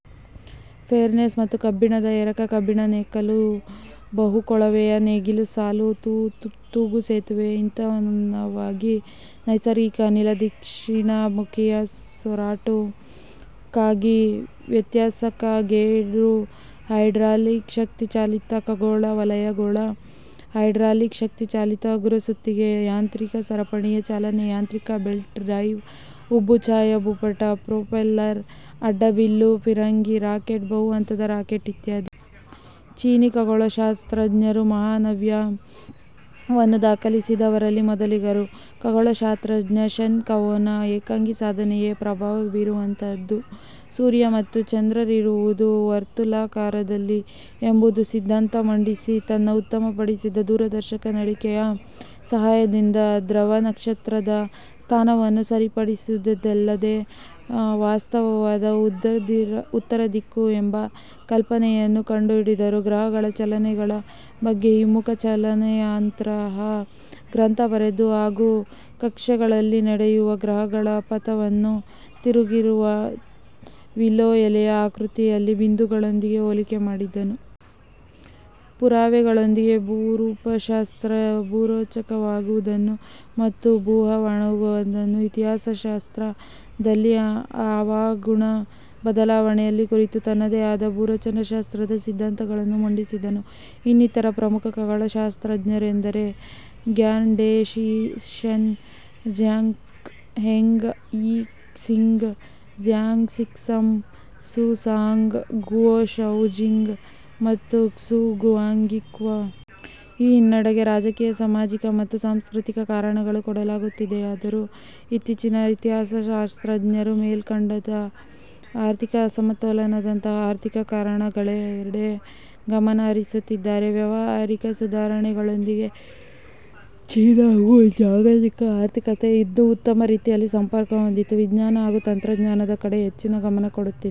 Furnace ಮತ್ತು ಕಬ್ಬಿಣದ ಎರಕ, ಕಬ್ಬಿಣ ನೇಗಿಲು, ಬಹು-ಕೊಳವೆಯ ನೇಗಿಲ ಸಾಲು, ತೂಗು ಸೇತುವೆ, ಇಂಧನವಾಗಿ ನೈಸರ್ಗಿಕ ಅನಿಲ, ದಕ್ಷಿಣ ಮುಖೀಯ ಸಾರೋಟು ಕ್ಕಾಗಿ ವ್ಯತ್ಯಾಸಕ ಗೇರು, ಹೈಡ್ರಾಲಿಕ್ ಶಕ್ತಿಚಾಲಿತ ಖಗೋಳ ವಲಯ ಗೋಳ, ಹೈಡ್ರಾಲಿಕ್-ಶಕ್ತಿ ಚಾಲಿತ ಹಗುರ ಸುತ್ತಿಗೆ, ಯಾಂತ್ರಿಕ ಸರಪಣಿ ಚಾಲನೆ, ಯಾಂತ್ರಿಕ ಬೆಲ್ಟ್ ಡ್ರೈವ್, ಉಬ್ಬು ಛಾಯಾ ಭೂಪಟ, ಪ್ರೊಪೆಲ್ಲರ್, ಅಡ್ಡಬಿಲ್ಲು, ಫಿರಂಗಿ, ರಾಕೆಟ್, ಬಹು ಹಂತದ ರಾಕೆಟ್ ಇತ್ಯಾದಿ. ಚೀನೀ ಖಗೋಳಶಾಸ್ತ್ರಜ್ಞರು ಮಹಾನವ್ಯ ವನ್ನು ದಾಖಲಿಸಿದವರಲ್ಲಿ ಮೊದಲಿಗರು. ಖಗೋಳಶಾಸ್ತ್ರಜ್ಞ ಶೆನ್ ಕುವೋನ ಏಕಾಂಗಿ ಸಾಧನೆಯೇ ಪ್ರಭಾವ ಬೀರುವಂತಹದ್ದು, ಸೂರ್ಯ ಮತ್ತು ಚಂದ್ರರಿರುವುದು ವರ್ತುಲಾಕಾರದಲ್ಲಿ ಎಂಬ ಸಿದ್ಧಾಂತ ಮಂಡಿಸಿ, ತನ್ನ ಉತ್ತಮಪಡಿಸಿದ ದೂರದರ್ಶಕ ನಳಿಕೆಯ ಸಹಾಯದಿಂದ ಧೃವ ನಕ್ಷತ್ರ ದ ಸ್ಥಾನವನ್ನು ಸರಿಪಡಿಸಿದುದಲ್ಲದೇ, ವಾಸ್ತವವಾದ ಉತ್ತರದಿಕ್ಕು ಎಂಬ ಕಲ್ಪನೆಯನ್ನು ಕಂಡುಹಿಡಿದು, ಗ್ರಹಗಳ ಚಲನೆಗಳ ಬಗ್ಗೆ ಹಿಮ್ಮುಖ ಚಲನೆಯಂತಹಾ ಗ್ರಂಥ ಬರೆದು, ಹಾಗೂ ಕಕ್ಷೆಗಳಲ್ಲಿ ನಡೆಯುವ ಗ್ರಹಗಳ ಪಥವನ್ನು ತಿರುಗುತ್ತಿರುವ ವಿಲ್ಲೋ ಎಲೆಯ ಆಕೃತಿಯಲ್ಲಿರುವ ಬಿಂದುಗಳೊಂದಿಗೆ ಹೋಲಿಕೆ ಮಾಡಿದ್ದನು. ಪುರಾವೆಗಳೊಂದಿಗೆ ಭೂರೂಪಶಾಸ್ತ್ರದಲ್ಲಿ ಭೂರಚನೆಯಾಗುವುದನ್ನು ಮತ್ತು ಭೂಹವಾಗುಣ ಇತಿಹಾಸಶಾಸ್ತ್ರ ದಲ್ಲಿ ಹವಾಗುಣ ಬದಲಾವಣೆಯನ್ನು ಕುರಿತು ತನ್ನದೇ ಆದ ಭೂರಚನಾ ಶಾಸ್ತ್ರದ ಸಿದ್ಧಾಂತಗಳನ್ನು ಮಂಡಿಸಿದನು. ಇನ್ನಿತರ ಪ್ರಮುಖ ಖಗೋಳಶಾಸ್ತ್ರಜ್ಞರೆಂದರೆ Gan De, Shi Shen, Zhang Heng, Yi Xing, Zhang Sixun, Su Song, Guo Shoujing, ಮತ್ತು ಕ್ಸು ಗುವಾಂಗ್ಕ್ವಿ. ಈ ಹಿನ್ನಡೆಗೆ ರಾಜಕೀಯ, ಸಾಮಾಜಿಕ ಮತ್ತು ಸಾಂಸ್ಕೃತಿಕ ಕಾರಣಗಳನ್ನು ಕೊಡಲಾಗುತ್ತಿದೆಯಾದರೂ, ಇತ್ತೀಚಿನ ಇತಿಹಾಸಶಾಸ್ತ್ರಜ್ಞರು ಮೇಲ್ಮಟ್ಟದ ಆರ್ಥಿಕ ಅಸಮತೋಲನದಂತಹಾ ಆರ್ಥಿಕ ಕಾರಣ ಗಳೆಡೆ ಗಮನ ಹರಿಸುತ್ತಿದ್ದಾರೆ. ವ್ಯಾವಹಾರಿಕ ಸುಧಾರಣೆಗಳೊಂದಿಗೆ ಚೀನಾವು ಜಾಗತಿಕ ಆರ್ಥಿಕತೆಗೆ ಇನ್ನೂ ಉತ್ತಮ ರೀತಿಯಲ್ಲಿ ಸಂಪರ್ಕ ಹೊಂದಿದ್ದು ವಿಜ್ಞಾನ ಹಾಗೂ ತಂತ್ರಜ್ಞಾನದ ಕಡೆ ಹೆಚ್ಚಿನ ಗಮನ ಕೊಡುತ್ತಿದೆ.